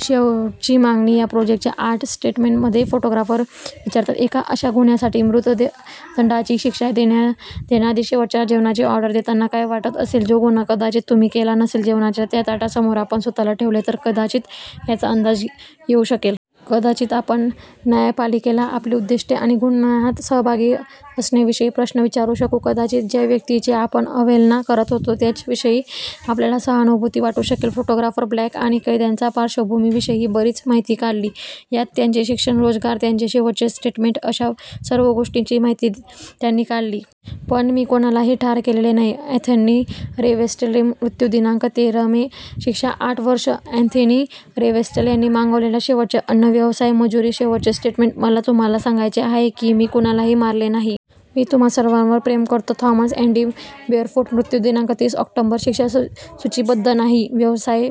शेवटची मागणी - या प्रोजेक्टच्या आर्ट स्टेटमेंटमध्ये फोटोग्राफर विचारतात, "एका अशा गुन्ह्यासाठी मृत्यूदंडाची शिक्षा देण्याआधी शेवटच्या जेवणाची ऑर्डर देताना काय वाटत असेल, जो गुन्हा कदाचित तुम्ही केलाही नसेल?" "जेवणाच्या त्या ताटासमोर आपण स्वतःला ठेवले तर कदाचित याचा अंदाज येऊ शकेल." "कदाचित आपण न्यायपालिकेला आपली उद्दिष्टे आणि गुन्ह्यात सहभागी असण्याविषयी प्रश्न विचारू शकू." "कदाचित ज्या व्यक्तीची आपण अवहेलना करत होतो, त्याच्याविषयी आपल्याला सहानुभूती वाटू शकेल." फोटोग्राफर ब्लॅक यांनी कैद्यांच्या पार्श्वभूमीविषयीही बरीच माहिती काढली. यात त्यांचे शिक्षण, रोजगार, त्यांचे शेवटचे स्टेटमेंट अशा सर्व गोष्टींची माहिती त्यांनी काढली. पण, मी कुणालाही ठार केलेले नाही - अँथनी रे वेस्टले, मृत्यू दिनांक: तेरह मे, शिक्षा: आठ वर्षे, अँथनी रे वेस्टले यांनी मागवलेले शेवटचे अन्न, व्यवसाय: मजुरी, शेवटचे स्टेटमेंट: "मला तुम्हाला सांगायचे आहे की मी कुणालाही मारले नाही. मी तुम्हा सर्वांवर प्रेम करतो." थॉमस अँडी बेअरफूट, मृत्यू दिनांक: तीस ऑक्टोबर, शिक्षा: सूचीबद्ध नाही, व्यवसाय: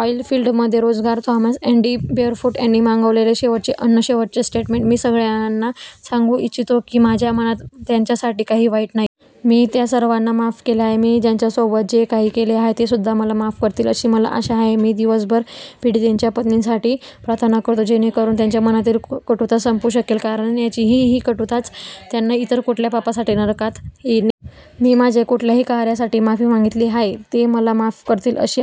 ऑइलफिल्डमध्ये रोजगार, थॉमस अँडी बेअरफूट यांनी मागवलेले शेवटचे अन्न, शेवटचे स्टेटमेंट: "मी सगळ्यांना सांगू इच्छितो की माझ्या मनात त्यांच्यासाठी काही वाईट नाही. मी त्या सर्वांना माफ केले आहे. मी ज्यांच्यासोबत जे काही केले आहे तेसुद्धा मला माफ करतील, अशी मला आशा आहे." "मी दिवसभर पीडितेच्या पत्नीसाठी प्रार्थना करतो. जेणेकरून त्यांच्या मनातली कटुता संपू शकेल. कारण त्यांची ही कटुताच त्यांना इतर कुठल्या पापासाठी नरकात नेईल. मी माझ्या कुठल्याही कार्यासाठी माफी मागितली आहे. ते मला माफ करतील, अशी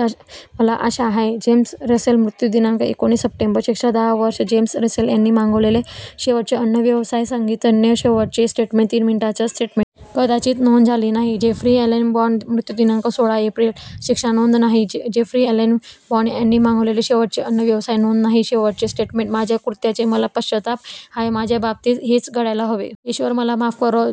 मला आशा आहे." जेम्स रसेल, मृत्यू दिनांक: एकोणीस सप्टेंबर, शिक्षा: दहा वर्षे, जेम्स रसेल यांनी मागवलेले शेवटचे अन्न, व्यवसाय: संगीतज्ञ, शेवटचे स्टेटमेंट: तीन मिनिटांचे स्टेटमेंट. कदाचित नोंद झाली नाही. जेफ्री अलेन बार्ने, मृत्यू दिनांक: सोळा एप्रिल, शिक्षा: नोंद नाही, जेफ्री अलेन बार्ने यांनी मागवलेले शेवटचे अन्न, व्यवसाय: नोंद नाही, शेवटचे स्टेटमेंट: "माझ्या कृत्याचा मला पश्चाताप आहे. माझ्या बाबतीत हेच घडायला हवे. ईश्वर मला माफ करो."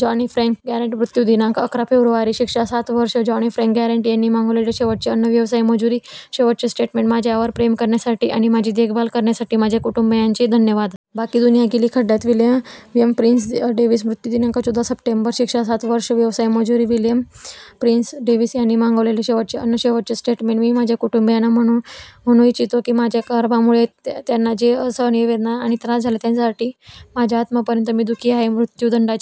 जॉनी फ्रँक गॅरेट, मृत्यू दिनांक: अकरा फेब्रुवारी, शिक्षा: सात वर्षे, जॉनी फ्रँक गॅरेट यांनी मागवलेले शेवटचे अन्न, व्यवसाय: मजुरी, शेवटचे स्टेटमेंट: "माझ्यावर प्रेम करण्यासाठी आणि माझी देखभाल करण्यासाठी माझ्या कुटुंबीयांचे धन्यवाद. बाकी दुनिया गेली खड्ड्यात." विलियम प्रिन्स डेव्हिस, मृत्यू दिनांक: चौदा सप्टेंबर, शिक्षा: सात वर्षे, व्यवसाय: मजुरी, विलियम प्रिन्स डेव्हिस यांनी मागवलेले शेवटचे अन्न, शेवटचे स्टेटमेंट: "मी माझ्या कुटुंबीयांना म्हणू इच्छितो की माझ्या कर्मामुळे त्यांना जे असहनीय वेदना आणि त्रास झाले त्यासाठी माझ्या आत्म्यापर्यंत मी दुःखी आहे. मृत्यूदंडाची